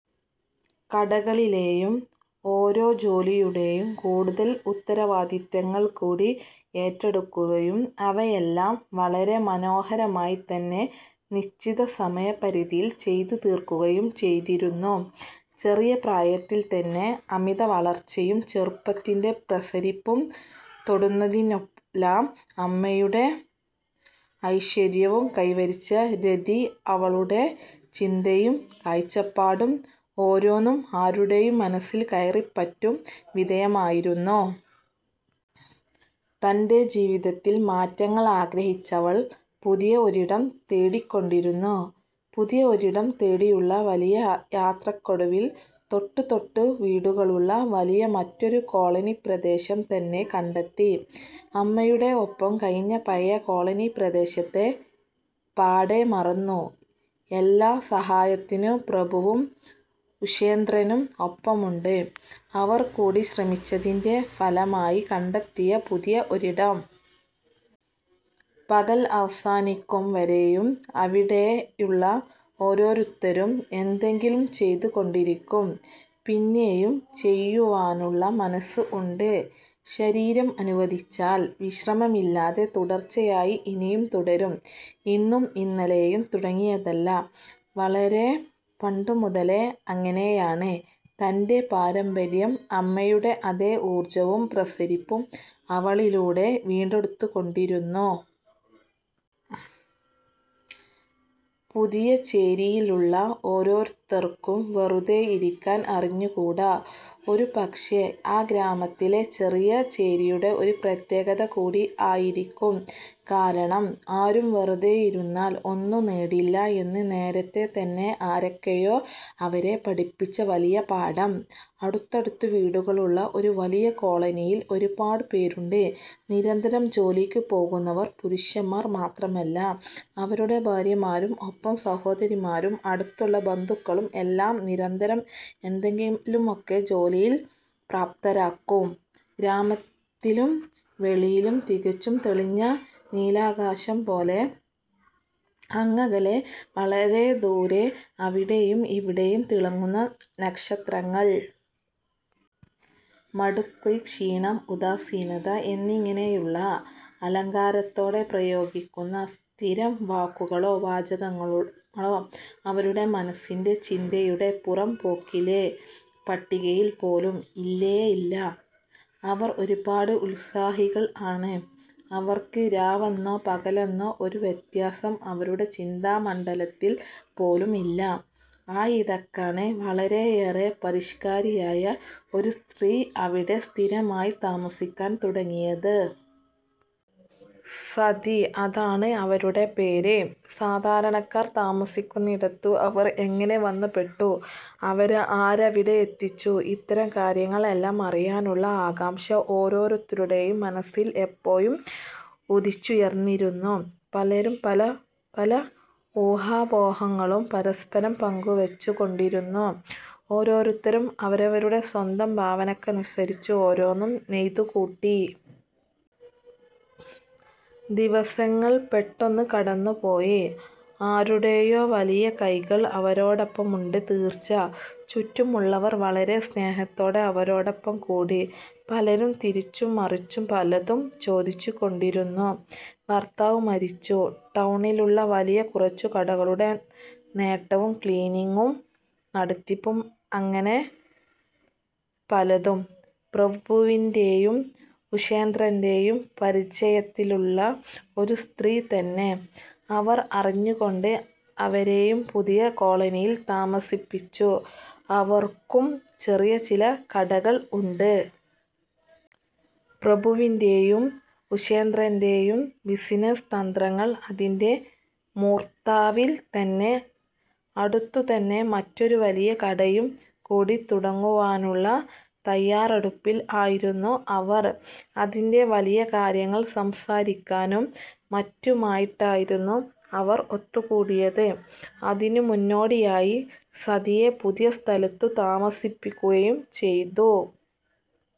കടകളിലെയും ഓരോ ജോലിയുടെയും കൂടുതൽ ഉത്തരവാദിത്വങ്ങൾകൂടി ഏറ്റെടുക്കുകയും അവയെല്ലാം വളരെ മനോഹരമായി തന്നെ നിശ്ചിത സമയപരിധിയിൽ ചെയ്തു തീർക്കുകയും ചെയ്തിരുന്നു. ചെറിയ പ്രായത്തിൽ തന്നെ അമിത വളർച്ചയും ചെറുപ്പത്തിന്റെ പ്രസരിപ്പും തൊടുന്നതിനെല്ലാം അമ്മയുടെ ഐശ്വര്യവും കൈവരിച്ച രതി അവളുടെ ചിന്തയും കാഴ്ചപ്പാടും ഓരോന്നും ആരുടെയും മനസ്സിൽ കയറിപ്പറ്റും വിധമായിരുന്നു. തന്റെ ജീവിതത്തിൽ മാറ്റങ്ങൾ ആഗ്രഹിച്ചവൾ പുതിയ ഒരിടം തേടിക്കൊണ്ടിരുന്നു. പുതിയ ഒരിടം തേടിയുള്ള വലിയ യാത്രക്കൊടുവിൽ തൊട്ടു തൊട്ടു വീടുകളുള്ള വലിയ മറ്റൊരു കോളനി പ്രദേശം തന്നെ, കണ്ടെത്തി അമ്മയുടെ ഒപ്പം കഴിഞ്ഞ പഴയ കോളനി പ്രദേശത്തെ പാടേ മറന്നു, എല്ലാ സഹായത്തിനും പ്രഭുവും ഉഷേന്ദ്രനും ഒപ്പമുണ്ട്, അവർകൂടി ശ്രമിച്ചതിന്റെ ഫലമായി കണ്ടെത്തിയ പുതിയ ഒരിടം. പകൽ അവസാനിക്കും വരെയും അവിടെയുള്ള ഓരോരുത്തരും എന്തെങ്കിലും ചെയ്തു കൊണ്ടിരിക്കും, പിന്നെയും ചെയ്യുവാനുള്ള മനസ്സ് ഉണ്ട്, ശരീരം അനുവദിച്ചാൽ വിശ്രമമില്ലാതെ തുടർച്ചയായി, ഇനിയും തുടരും. ഇന്നും ഇന്നലെയും തുടങ്ങിയതല്ല, വളരെ പണ്ടു മുതലേ അങ്ങനെയാണ്, തന്റെ പാരമ്പര്യം, അമ്മയുടെ അതേ ഊർജവും പ്രസരിപ്പും അവളിലൂടെ വീണ്ടെടുത്തുകൊണ്ടിരുന്നു. പുതിയ ചേരിയിലുള്ള ഓരോരുത്തർക്കും വെറുതെ ഇരിക്കാൻ അറിഞ്ഞുകൂടാ, ഒരു പക്ഷെ ആ ഗ്രാമത്തിലെ ചെറിയ ചേരിയുടെ ഒരു പ്രത്യേകത കൂടി ആയിരിക്കും, കാരണം ആരും വെറുതെ ഇരുന്നാൽ ഒന്നുംനേടില്ല എന്ന് നേരത്തെ തന്നെ ആരൊക്കെയോ അവരെ പഠിപ്പിച്ച വലിയ പാഠം. അടുത്തടുത്തു വീടുകളുള്ള ഒരു വലിയ കോളനിയിൽ ഒരുപാട് പേരുണ്ട്, നിരന്തരം ജോലിക്ക് പോകുന്നവർ, പുരുഷന്മാർ മാത്രമല്ല അവരുടെ ഭാര്യമാരും ഒപ്പം സഹോദരിമാരും അടുത്ത ബന്ധുക്കളും എല്ലാം നിരന്തരം എന്തെങ്കിലുമൊക്കെ ജോലിയിൽ വ്യാപൃതരാകും ഗ്രാമത്തിലും വെളിയിലും, തികച്ചും തെളിഞ്ഞ നീലാകാശം പോലെ, അങ്ങകലെ വളരെദൂരെ അവിടെയും ഇവിടെയും തിളങ്ങുന്ന നക്ഷത്രങ്ങൾ. മടുപ്പ്, ക്ഷീണം, ഉദാസീനത എന്നിങ്ങനെയുള്ള അലങ്കാരത്തോടെ പ്രയോഗിക്കുന്ന സ്ഥിരം വാക്കുകളോ വാചകങ്ങളോ അവരുടെ മനസ്സിന്റെ ചിന്തയുടെ പുറം പോക്കിലെ പട്ടികയിൽ പോലും ഇല്ലേ ഇല്ല. അവർ ഒരുപാട് ഉത്സാഹികൾ ആണ് അവർക്ക് രാവെന്നോ പകലെന്നോ ഒരു വ്യത്യാസം അവരുടെ ചിന്താ മണ്ഡലത്തിൽ പോലും ഇല്ല. ആയിടക്കാണ് വളരെയേറെ പരിഷ്ക്കാരിയായ ഒരു സ്ത്രീ അവിടെ സ്ഥിരമായി താമസിക്കാൻ തുടങ്ങിയത്. 'സതി ' അതാണ് അവരുടെ പേര്. സാധാരണക്കാർ താമസിക്കുന്നിടത്തു അവർ എങ്ങനെ വന്ന് പെട്ടു, അവരെ ആരവിടെ എത്തിച്ചു ഇത്തരം കാര്യങ്ങൾ എല്ലാം അറിയാനുള്ള ആകാംഷ ഓരോരുത്തരുടെയും മനസ്സിൽ എപ്പോഴും ഉദിച്ചുയർന്നിരുന്നു. പലരും പല പല ഊഹാപോഹങ്ങളും പരസ്പരം പങ്കുവച്ചു കൊണ്ടിരുന്നു. ഓരോരുത്തരും അവരവരുടെ സ്വന്തം ഭാവനക്കനുസരിച്ചു ഓരോന്നും നെയ്തു കൂട്ടി. ദിവസങ്ങൾ പെട്ടെന്ന് കടന്നു പോയി. ആരുടെയോ വലിയ കൈകൾ അവരോടൊപ്പം ഉണ്ട് തീർച്ച, ചുറ്റുമുള്ളവർ വളരെ സ്നേഹത്തോടെ അവരോടൊപ്പം കൂടി. പലരും തിരിച്ചും മറിച്ചും പലതും ചോദിച്ചു കൊണ്ടിരുന്നു. ഭർത്താവ് മരിച്ചു, ടൗണിലുള്ള വലിയ കുറച്ചു കടകളുടെ നോട്ടവും ക്ലീനിങ്ങും നടത്തിപ്പും അങ്ങനെ പലതും. പ്രഭുവിന്റെയും ഉഷേന്ദ്രന്റെയും പരിചയത്തിലുള്ള ഒരു സ്ത്രീ തന്നെ, അവർ അറിഞ്ഞുകൊണ്ട് അവരെയും പുതിയ കോളനിയിൽ താമസിപ്പിച്ചു, അവർക്കും ചെറിയ ചില കടകൾ ഉണ്ട്. പ്രഭുവിന്റെയും, ഉഷേന്ദ്രന്റെയും ബിസിനസ് തന്ത്രങ്ങൾ അതിന്റ മൂർദ്ധാവിൽ തന്നെ, അടുത്തു തന്നെ മറ്റൊരു വലിയ കടയും കൂടി തുടങ്ങുവാനുള്ള തയാറെടുപ്പിൽ ആയിരുന്നു അവർ, അതിന്റ വലിയ കാര്യങ്ങൾ സംസാരിക്കാനും മറ്റുമായിട്ടായിരുന്നു അവർ ഒത്തു കൂടിയത്. അതിനു മുന്നോടിയായി സതിയെ പുതിയ സ്ഥലത്തു താമസിപ്പിക്കുകയും ചെയ്തു.